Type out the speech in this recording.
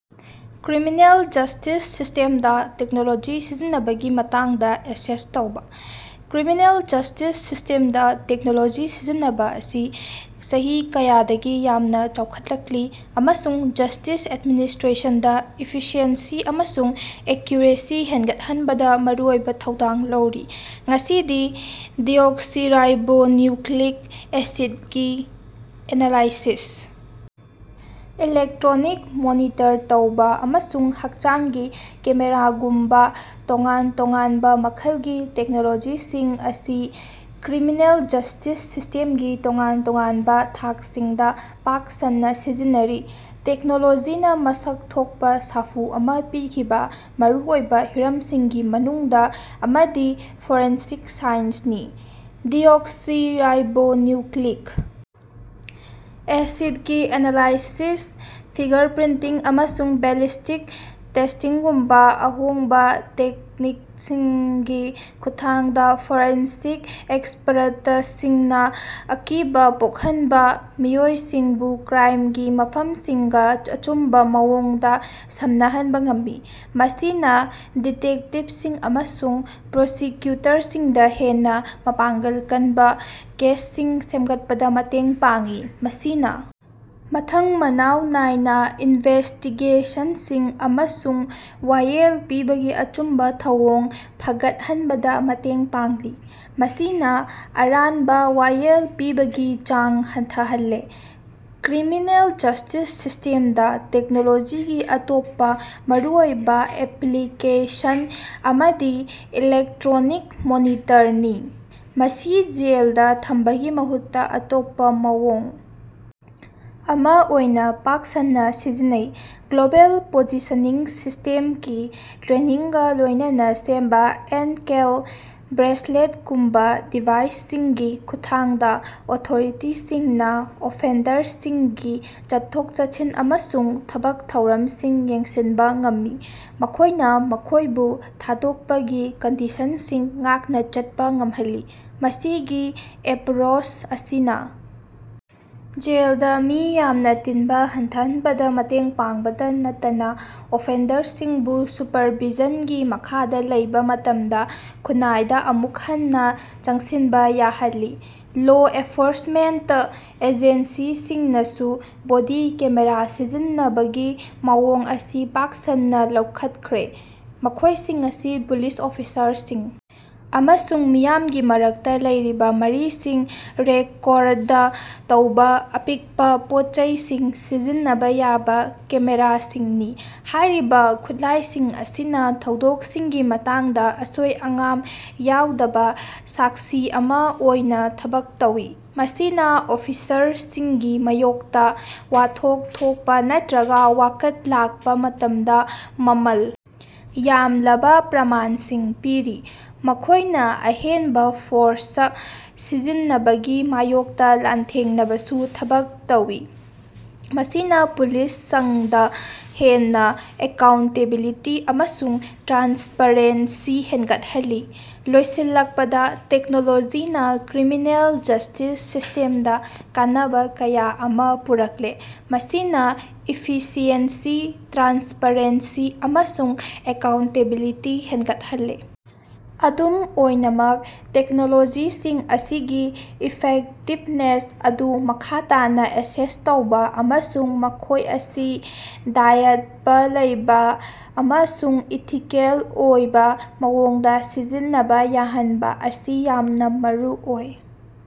Criminal justice ꯁꯤꯁ꯭ꯇꯦꯝꯗ technology ꯁꯤꯖꯤꯟꯅꯕꯒꯤ ꯃꯇꯥꯡꯗ access ꯇꯧꯕ꯫ ꯀ꯭ꯔꯤꯃꯤꯅꯦꯜ ꯖꯁ꯭ꯇꯤꯁ ꯁꯤꯁ꯭ꯇꯦꯝꯗ ꯇꯦꯛꯅꯣꯂꯣꯖꯤ ꯁꯤꯖꯤꯟꯅꯕ ꯑꯁꯤ ꯆꯍꯤ ꯀꯌꯥꯗꯒꯤ ꯌꯥꯝꯅ ꯆꯥꯎꯈꯠꯂꯛꯂꯤ ꯑꯃꯁꯨꯡ ꯖꯁ꯭ꯇꯤꯁ ꯑꯦꯗꯃꯤꯅꯤꯁꯇ꯭ꯔꯦꯁꯟꯗ ꯏꯐꯤꯁꯤꯑꯦꯟꯁꯤ ꯑꯃꯁꯨꯡ ꯑꯦꯛꯌꯨꯔꯦꯁꯤ ꯍꯦꯟꯒꯠꯍꯟꯕꯗ ꯃꯔꯨꯑꯣꯏꯕ ꯊꯧꯗꯥꯡ ꯂꯧꯔꯤ꯫ ꯉꯁꯤꯗꯤ ꯗꯤꯑꯣꯛꯁꯤꯔꯥꯏꯕꯣꯅ꯭ꯌꯨꯛꯂꯤꯛ ꯑꯦꯁꯤꯗ ꯒꯤ ꯑꯦꯅꯥꯂꯥꯏꯁꯤꯁ, ꯏꯂꯦꯛꯇꯔꯣꯅꯤꯛ ꯃꯣꯅꯤꯇꯔ ꯇꯧꯕ ꯑꯃꯁꯨꯡ ꯍꯛꯆꯥꯡꯒꯤ ꯀꯦꯃꯦꯔꯥꯒꯨꯝꯕꯥ ꯇꯣꯉꯥꯟ ꯇꯣꯉꯥꯟꯕ ꯃꯈꯜꯒꯤ ꯇꯦꯛꯅꯣꯂꯣꯖꯤꯁꯤꯡ ꯑꯁꯤ ꯀ꯭ꯔꯤꯃꯤꯅꯦꯜ ꯖꯁ꯭ꯇꯤꯁ ꯁꯤꯁ꯭ꯇꯦꯝꯒꯤ ꯇꯣꯉꯥꯟ ꯇꯣꯉꯥꯟꯕ ꯊꯥꯛꯁꯤꯡꯗ ꯄꯥꯛ ꯁꯟꯅ ꯁꯤꯖꯤꯟꯅꯔꯤ꯫ ꯇꯦꯛꯅꯣꯂꯣꯖꯤꯅ ꯃꯁꯛ ꯊꯣꯛꯄ ꯁꯥꯐꯨ ꯑꯃ ꯄꯤꯈꯤꯕ ꯃꯔꯨ ꯑꯣꯏꯕ ꯍꯤꯔꯝꯁꯤꯡꯒꯤ ꯃꯅꯨꯡꯗ ꯑꯃꯗꯤ ꯐꯣꯔꯦꯟꯁꯤꯛ ꯁꯥꯏꯟꯁꯅꯤ꯫ꯗꯤꯑꯣꯛꯁꯤꯔꯥꯏꯕꯣꯅ꯭ꯌꯨꯛꯂꯤꯛ ꯑꯦꯁꯤꯠꯒꯤ ꯑꯦꯅꯥꯂꯥꯏꯁꯤꯁ, ꯐꯤꯒꯔ ꯄ꯭ꯔꯤꯟꯇꯤꯡ, ꯑꯃꯁꯨꯡ ꯕꯦꯂꯤꯁ꯭ꯇꯤꯛ ꯇꯦꯁ꯭ꯇꯤꯡꯒꯨꯝꯕ ꯑꯍꯣꯡꯕ ꯇꯦꯛꯅꯤꯛꯁꯤꯡꯒꯤ ꯈꯨꯠꯊꯥꯡꯗ ꯐꯣꯔꯦꯟꯁꯤꯛ ꯑꯦꯛꯁꯄꯔꯇꯁꯤꯡꯅ ꯑꯀꯤꯕ ꯄꯣꯛꯍꯟꯕ ꯃꯤꯑꯣꯏꯁꯤꯡꯕꯨ ꯀ꯭ꯔꯥꯏꯃꯒꯤ ꯃꯐꯝꯁꯤꯡꯒ ꯑꯆꯨꯝꯕ ꯃꯑꯣꯡꯗ ꯁꯝꯅꯍꯟꯕ ꯉꯝꯃꯤ꯫ ꯃꯁꯤꯅ ꯗꯤꯇꯦꯛꯇꯤꯚꯁꯤꯡ ꯑꯃꯁꯨꯡ ꯄ꯭ꯔꯣꯁꯤꯛꯀ꯭ꯌꯨꯇꯔꯁꯤꯡꯗ ꯍꯦꯟꯅ ꯃꯄꯥꯡꯒꯜ ꯀꯟꯕ ꯀꯦꯁꯁꯤꯡ ꯁꯦꯝꯒꯠꯄꯗ ꯃꯇꯦꯡ ꯄꯥꯡꯏ꯫ ꯃꯁꯤꯅ ꯃꯊꯪ ꯃꯅꯥꯎ ꯅꯥꯏꯅ ꯏꯟꯚꯦꯁ꯭ꯇꯤꯒꯦꯁꯟꯁꯤꯡ ꯑꯃꯁꯨꯡ ꯋꯥꯌꯦꯜ ꯄꯤꯕꯒꯤ ꯑꯆꯨꯝꯕ ꯊꯧꯑꯣꯡ ꯐꯒꯠꯍꯟꯕꯗ ꯃꯇꯦꯡ ꯄꯥꯡꯂꯤ꯫ ꯃꯁꯤꯅ ꯑꯔꯥꯟꯕ ꯋꯥꯌꯦꯜ ꯄꯤꯕꯒꯤ ꯆꯥꯡ ꯍꯟꯊꯍꯜꯂꯦ꯫ ꯀ꯭ꯔꯤꯃꯤꯅꯦꯜ ꯖꯁ꯭ꯇꯤꯁ ꯁꯤꯁ꯭ꯇꯦꯝꯗ ꯇꯦꯛꯅꯣꯂꯣꯖꯤꯒꯤ ꯑꯇꯣꯞꯄ ꯃꯔꯨꯑꯣꯏꯕ ꯑꯦꯞꯂꯤꯀꯦꯁꯟ ꯑꯃꯗꯤ ꯏꯂꯦꯛꯇꯔꯣꯅꯤꯛ ꯃꯣꯅꯤꯇꯔꯅꯤ꯫ꯃꯁꯤ ꯖꯦꯜꯗ ꯊꯝꯕꯒꯤ ꯃꯍꯨꯠꯇ ꯑꯇꯣꯞꯄ ꯃꯑꯣꯡ ꯑꯃ ꯑꯣꯏꯅ ꯄꯥꯛ ꯁꯟꯅ ꯁꯤꯖꯤꯟꯅꯩ꯫ ꯒ꯭ꯂꯣꯕꯦꯜ ꯄꯣꯖꯤꯁꯅꯤꯡ ꯁꯤꯁ꯭ꯇꯦꯝꯀꯤ ꯇ꯭ꯔꯦꯀꯤꯡꯒ ꯂꯣꯏꯅꯅ ꯁꯦꯝꯕ ꯑꯦꯟꯀꯦꯜ ꯕ꯭ꯔꯦꯁꯂꯦꯠꯒꯨꯝꯕ ꯗꯤꯚꯥꯏꯁꯁꯤꯡꯒꯤ ꯈꯨꯠꯊꯥꯡꯗ ꯑꯣꯊꯣꯔꯤꯇꯤꯁꯤꯡꯅ ꯑꯣꯐꯦꯟꯗꯔꯁꯤꯡꯒꯤ ꯆꯠꯊꯣꯛ-ꯆꯠꯁꯤꯟ ꯑꯃꯁꯨꯡ ꯊꯕꯛ ꯊꯧꯔꯝꯁꯤꯡ ꯌꯦꯡꯁꯤꯟꯕ ꯉꯝꯃꯤ꯫ ꯃꯈꯣꯏꯅ ꯃꯈꯣꯏꯕꯨ ꯊꯥꯗꯣꯛꯄꯒꯤ ꯀꯟꯗꯤꯁꯟꯁꯤꯡ ꯉꯥꯛꯅ ꯆꯠꯄ ꯉꯝꯍꯜꯂꯤ꯫ ꯃꯁꯤꯒꯤ ꯑꯦꯄꯔꯣꯁ ꯑꯁꯤꯅꯥ, ꯖꯦꯜꯗ ꯃꯤ ꯌꯥꯝꯅ ꯇꯤꯟꯕ ꯍꯟꯊꯍꯟꯕꯗ ꯃꯇꯦꯡ ꯄꯥꯡꯕꯇ ꯅꯠꯇꯅ ꯑꯣꯐꯦꯟꯗꯔꯁꯤꯡꯕꯨ ꯁꯨꯄꯔꯚꯤꯖꯟꯒꯤ ꯃꯈꯥꯗ ꯂꯩꯕ ꯃꯇꯝꯗ ꯈꯨꯟꯅꯥꯏꯗ ꯑꯃꯨꯛ ꯍꯟꯅꯥ ꯆꯪꯁꯤꯟꯕ ꯌꯥꯍꯜꯂꯤ꯫ ꯂꯣ ꯑꯦꯐꯣꯔꯁꯃꯦꯟꯇ ꯑꯦꯖꯦꯟꯁꯤꯁꯤꯡꯅꯁꯨ ꯕꯣꯗꯤ ꯀꯦꯃꯦꯔꯥ ꯁꯤꯖꯤꯟꯅꯕꯒꯤ ꯃꯑꯣꯡ ꯑꯁꯤ ꯄꯥꯛ ꯁꯟꯅ ꯂꯧꯈꯠꯈ꯭ꯔꯦ꯫ ꯃꯈꯣꯏꯁꯤꯡ ꯑꯁꯤ ꯄꯨꯂꯤꯁ ꯑꯣꯐꯤꯁꯔꯁꯤꯡ ꯑꯃꯁꯨꯡ ꯃꯤꯌꯥꯝꯒꯤ ꯃꯔꯛꯇ ꯂꯩꯔꯤꯕ ꯃꯔꯤꯁꯤꯡ ꯔꯦꯀꯣꯔꯗ ꯇꯧꯕ ꯑꯄꯤꯛꯄ ꯄꯣꯠꯆꯩꯁꯤꯡ ꯁꯤꯖꯤꯟꯅꯕ ꯌꯥꯕ ꯀꯦꯃꯦꯔꯥꯁꯤꯡꯅꯤ꯫ ꯍꯥꯏꯔꯤꯕ ꯈꯨꯠꯂꯥꯏꯁꯤꯡ ꯑꯁꯤꯅ ꯊꯧꯗꯣꯛꯁꯤꯡꯒꯤ ꯃꯇꯥꯡꯗ ꯑꯁꯣꯏ-ꯑꯉꯥꯝ ꯌꯥꯎꯗꯕ ꯁꯥꯛꯁꯤ ꯑꯃ ꯑꯣꯏꯅ ꯊꯕꯛ ꯇꯧꯏ꯫ꯃꯁꯤꯅ ꯑꯣꯐꯤꯁꯔꯁꯤꯡꯒꯤ ꯃꯥꯌꯣꯛꯇ ꯋꯥꯊꯣꯛ ꯊꯣꯛꯄ ꯅꯠꯇꯔꯒ ꯋꯥꯀꯠ ꯂꯥꯛꯄ ꯃꯇꯝꯗ ꯃꯃꯜ ꯌꯥꯝꯂꯕ ꯄ꯭ꯔꯃꯥꯟꯁꯤꯡ ꯄꯤꯔꯤ꯫ ꯃꯈꯣꯏꯅ ꯑꯍꯦꯟꯕ ꯐꯣꯔꯁ ꯁꯤꯖꯤꯟꯅꯕꯒꯤ ꯃꯥꯌꯣꯛꯇ ꯂꯥꯟꯊꯦꯡꯅꯕꯁꯨ ꯊꯕꯛ ꯇꯧꯏ꯫ꯃꯁꯤꯅ ꯄꯨꯂꯤꯁ ꯁꯡꯗ ꯍꯦꯟꯅ ꯑꯦꯀꯥꯎꯟꯇꯦꯕꯤꯂꯤꯇꯤ ꯑꯃꯁꯨꯡ ꯇ꯭ꯔꯥꯟꯁꯄꯔꯦꯟꯁꯤ ꯍꯦꯟꯒꯠꯍꯜꯂꯤ꯫ ꯂꯣꯏꯁꯤꯜꯂꯛꯄꯗ ꯇꯦꯛꯅꯣꯂꯣꯖꯤꯅꯥ ꯀ꯭ꯔꯤꯃꯤꯅꯦꯜ ꯖꯁ꯭ꯇꯤꯁ ꯁꯤꯁ꯭ꯇꯦꯝꯗ ꯀꯥꯟꯅꯕ ꯀꯌꯥ ꯑꯃ ꯄꯨꯔꯛꯂꯦ ꯃꯁꯤꯅ ꯏꯐꯤꯁꯤꯑꯦꯟꯁꯤ, ꯇ꯭ꯔꯥꯟꯁꯄꯔꯦꯟꯁꯤ ꯑꯃꯁꯨꯡ ꯑꯦꯀꯥꯎꯟꯇꯦꯕꯤꯂꯤꯇꯤ ꯍꯦꯟꯒꯠꯍꯜꯂꯤ꯫ ꯑꯗꯨꯝ ꯑꯣꯏꯅꯃꯛ, ꯇꯦꯛꯅꯣꯂꯣꯖꯤꯁꯤꯡ ꯑꯁꯤꯒꯤ ꯏꯐꯦꯛꯇꯤꯕꯅꯦꯁ ꯑꯗꯨ ꯃꯈꯥ ꯇꯥꯅꯥ ꯑꯦꯁꯦꯁ ꯇꯧꯕ ꯑꯃꯁꯨꯡ ꯃꯈꯣꯏ ꯑꯁꯤ ꯗꯥꯌꯠꯕ ꯂꯩꯕ ꯑꯃꯁꯨꯡ ꯏꯊꯤꯀꯦꯜ ꯑꯣꯏꯕ ꯃꯑꯣꯡꯗ ꯁꯤꯖꯤꯟꯅꯕ ꯌꯥꯍꯟꯕ ꯑꯁꯤ ꯌꯥꯝꯅ ꯃꯔꯨꯑꯣꯏ꯫